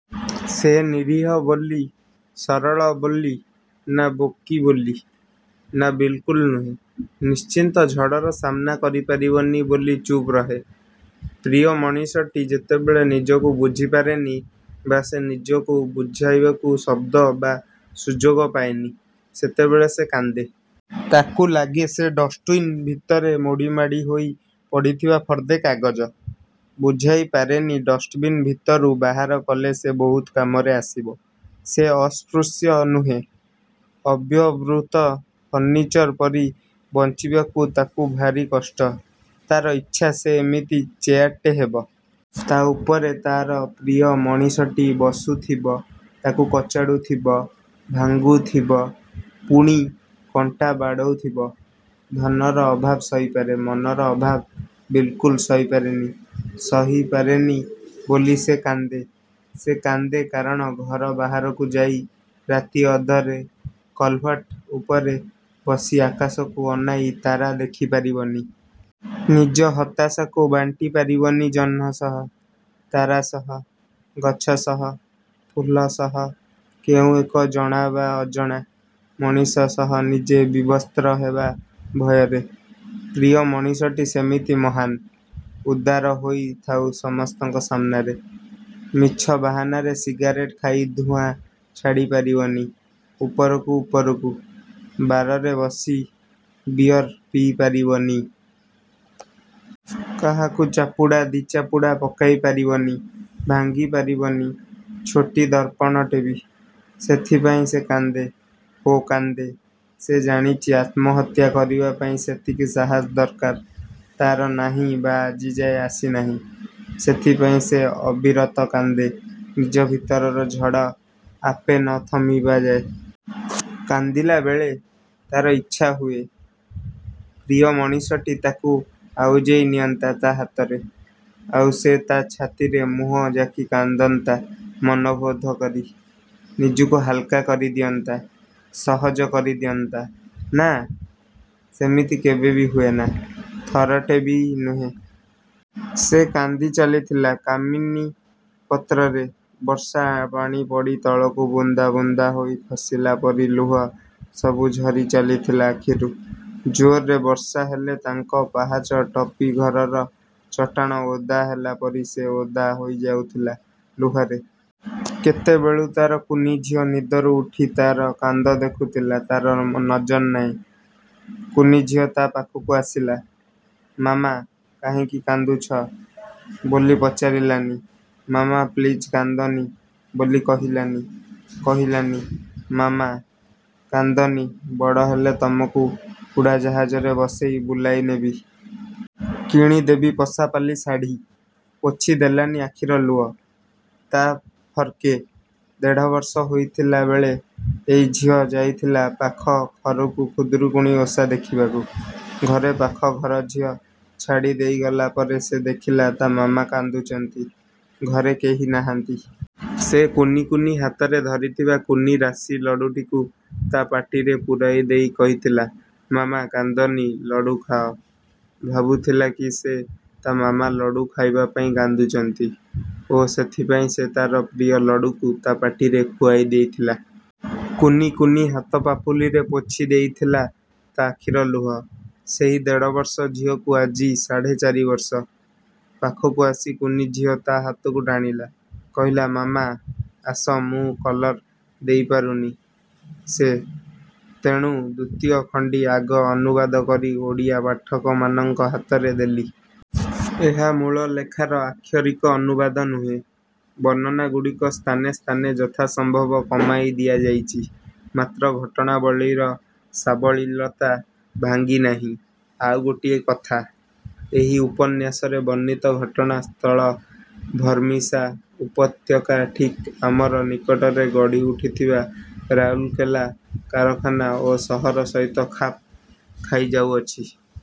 ସେ ନୀରିହ ବୋଲି, ସରଳ ବୋଲି ନା ବୋକି ବୋଲି? ନା' ବିଲକୁଲ ନୁହେଁ, ନିଶ୍ଚିତ ଝଡ଼ର ସାମ୍ନା କରିପାରିବନି ବୋଲି ଚୁପ୍ ରହେ। ପ୍ରିୟ ମଣିଷଟି ଯେତେବେଳେ ନିଜକୁ ବୁଝିପାରେନି ବା ସେ ନିଜକୁ ବୁଝାଇବାକୁ ଶବ୍ଦ ବା ସୁଯୋଗ ପାଏନି। ସେତେବେଳେ ସେ କାନ୍ଦେ। ତାକୁ ଲାଗେ ସେ ଡଷ୍ଟ୍ବିନ ଭିତରେ ମୋଡିମାଡି ହୋଇ ପଡ଼ିଥିବା ଫର୍ଦ୍ଦେ କାଗଜ। ବୁଝାଇ ପାରେନି ଡଷ୍ଟବିନ ଭିତରୁ ବାହାର କଲେ ସେ ବହୁତ କାମରେ ଆସିବ। ସେ ଅସ୍ପୃଶ୍ୟ ନୁହେଁ। ଅବ୍ୟବହୃତ ଫର୍ଣ୍ଣିଚର ପରି ବଂଚିବାକୁ ତାକୁ ଭାରି କଷ୍ଟ। ତା'ର ଇଚ୍ଛା ସେ ଏମିତି ଚେୟାରଟେ ହେବ। ତା' ଉପରେ ତା'ର ପ୍ରିୟ ମଣିଷଟି ବସୁଥିବ, ତାକୁ କଚାଡ଼ୁଥିବ, ଭାଙ୍ଗୁଥିବ, ପୁଣି କଣ୍ଟା ବାଡ଼ଉଥିବ। ଧନର ଅଭାବ ସହିପାରେ। ମନର ଅଭାବ ବିଲକୁଲ ସହିପାରେନି। ସହିପାରେନି ବୋଲି ସେ କାନ୍ଦେ। ସେ କାନ୍ଦେ କାରଣ- ଘର ବାହାରକୁ ଯାଇ ରାତି ଅଧରେ କଲ୍ଭର୍ଟ୍ ଉପରେ ବସି ଆକାଶକୁ ଅନାଇ ତାରା ଦେଖିପାରିବନି। ନିଜ ହତାଶାକୁ ବାଣ୍ଟି ପାରିବନି ଜହ୍ନ ସହ, ତାରା ସହ, ଗଛ ସହ, ଫୁଲ ସହ କେଉଁ ଏକ ଜଣା ବା ଅଜଣା ମଣିଷ ସହ ନିଜେ ବିବସ୍ତ୍ର ହେବା ଭୟରେ। ପ୍ରିୟ ମଣିଷଟି ସେମିତି ମହାନ୍, ଉଦାର ହୋଇ ଥାଉ ସମସ୍ତଙ୍କ ସାମ୍ନାରେ। ମିଛ ବାହାନାରେ ସିଗାରେଟ୍ ଖାଇ ଧୂଆଁ ଛାଡ଼ିପାରିବନି ଉପରକୁ ଉପରକୁ, ବାରରେ ବସି ବିୟର ପିଇ ପାରିବନି...। କାହାକୁ ଚାପୁଡ଼ା ଦି'ଚାପୁଡ଼ା ପକାଇ ପାରିବନି, ଭାଙ୍ଗିପାରିବନି ଛୋଟି ଦର୍ପଣଟେବି। ସେଥିପାଇଁ ସେ କାନ୍ଦେ। ଓ କାନ୍ଦେ। ସେ ଜାଣିଛି ଆତ୍ମହତ୍ୟା କରିବାପାଇଁ ସେତିକି ସାହସ ଦରକାର ତା'ର ନାହିଁ ବା ଆଜି ଯାଏ ଆସି ନାହିଁ। ସେଥିପାଇଁ ସେ ଅବିରତ କାନ୍ଦେ ନିଜ ଭିତରର ଝଡ଼ ଆପେ ନ ଥମିବାଯାଏ। କାନ୍ଦିଲାବେଳେ ତା'ର ଇଚ୍ଛା ହୁଏ... ପ୍ରିୟ ମଣିଷଟି ତାକୁ ଆଉଜେଇ ନିଅନ୍ତା ତା' ହାତରେ। ଆଉ ସେ ତା' ଛାତିରେ ମୁହଁ ଜାକି କାନ୍ଦନ୍ତା ମନବୋଧ କରି। ନିଜକୁ ହାଲ୍କା କରି ଦିଅନ୍ତା। ସହଜ କରି ଦିଅନ୍ତା। ନା। ସେମିତି କେବେ ବି ହୁଏନା। ଥରଟେ ବି ନୁହେଁ। ସେ କାନ୍ଦି ଚାଲିଥିଲା କାମିନୀ ପତ୍ରରେ ବର୍ଷା ପାଣି ପଡ଼ି ତଳକୁ ବୁନ୍ଦା ବୁନ୍ଦା ହୋଇ ଖସିଲା ପରି ଲୁହ ସବୁ ଝରି ଚାଲିଥିଲା ଆଖିରୁ। ଜୋରରେ ବର୍ଷା ହେଲେ ତାଙ୍କ ପାହଚ ଟପି ଘରର ଚଟାଣ ଓଦା ହେଲା ପରି ସେ ଓଦା ହୋଇଯାଉଥିଲା ଲୁହରେ। କେତେବେଳୁ ତା'ର କୁନି ଝିଅ ନିଦରୁ ଉଠି ତା'ର କାନ୍ଦ ଦେଖୁଥିଲା ତା'ର ନଜର ନାହିଁ-। କୁନି ଝିଅ ତା' ପାଖକୁ ଆସିଲା,''ମାମା, କାହିଁକି କାନ୍ଦୁଛ? '' ବୋଲି ପଚାରିଲାନି, ''ମାମା ପ୍ଲିଜ୍ କାନ୍ଦନି'' ବୋଲି କହିଲାନି, କହିଲାନି, ''ମାମା, କାନ୍ଦନି ବଡ଼ ହେଲେ ତମକୁ ଉଡ଼ାଜାହାଜରେ ବସେଇ ବୁଲାଇ ନେବି। କିଣି ଦେବି ପଶାପାଲି ଶାଢ଼ୀ। '' ପୋଛି ଦେଲାନି ଆଖିର ଲୁହ ତା' ଫ୍ରକ୍ରେ। ଦେଢ଼ବର୍ଷ ହୋଇଥିଲାବେଳେ ଏହି ଝିଅ ଯାଇଥିଲା ପାଖ ଘରକୁ ଖୁଦୁରୁକୁଣି ଓଷା ଦେଖିବାକୁ। ଘରେ ପାଖ ଘରଝିଅ ଛାଡ଼ି ଦେଇଗଲା ପରେ ସେ ଦେଖିଲା ତା' ମାମା କାନ୍ଦୁଛନ୍ତି। ଘରେ କେହି ନାହାନ୍ତି। ସେ କୁନି କୁନି ହାତରେ ଧରିଥିବା କୁନି ରାଶି ଲଡ଼ୁଟିକୁ ତା' ପାଟିରେ ପୁରାଇ ଦେଇ କହିଥିଲା, ''ମାମା, କାନ୍ଦନି, ଲଡ଼ୁ ଖାଅ। '' ଭାବୁଥିଲା କି ସେ ତା' ମାମା ଲଡ଼ୁ ଖାଇବା ପାଇଁ କାନ୍ଦୁଛନ୍ତି ଓ ସେଥିପାଇଁ ସେ ତା'ର ପ୍ରିୟ ଲଡ଼ୁକୁ ତା' ପାଟିରେ ଖୁଆଇ ଦେଇଥିଲା। କୁନି କୁନି ହାତ ପାପୁଲିରେ ପୋଛି ଦେଇଥିଲା ତା' ଆଖିର ଲୁହ। ସେହି ଦେଢ଼ ବର୍ଷର ଝିଅକୁ ଆଜି ସାଢ଼େ ଚାରି ବର୍ଷ। ପାଖକୁ ଆସି କୁନି ଝିଅ ତା' ହାତକୁ ଟାଣିଲା। କହିଲା,''ମାମା, ଆସ ମୁଁ କଲର ଦେଇପାରୁନି। '' ସେ। ତେଣୁ ଦ୍ୱିତୀୟ ଖଣ୍ଡି ଆଗ ଅନୁବାଦ କରି ଓଡ଼ିଆ ପାଠକମାନଙ୍କ ହାତରେ ଦେଲି। ଏହା ମୂଳ ଲେଖାର ଆକ୍ଷରିକ ଅନୁବାଦ ନୁହେ। ବର୍ଣ୍ଣନାଗୁଡ଼ିକ ସ୍ଥାନେସ୍ଥାନେ ଯଥାସମ୍ଭବ କମାଇ ଦିଆଯାଇଛି; ମାତ୍ର ଘଟଣାବଳୀର ସାବଲୀଳତା ଭାଙ୍ଗି ନାହିଁ। ଆଉ ଗୋଟିଏ କଥା। ଏହି ଉପନ୍ୟାସରେ ବର୍ଣ୍ଣିତ ଘଟଣା ସ୍ଥଳ ଭର୍ମିସା ଉପତ୍ୟକା ଠିକ୍ ଆମର ନିକଟରେ ଗଢ଼ି ଉଠିଥିବା ରାଉରକେଲା କାରଖାନା ଓ ସହର ସହିତ ଖାପ୍ ଖାଇଯାଉଅଛି।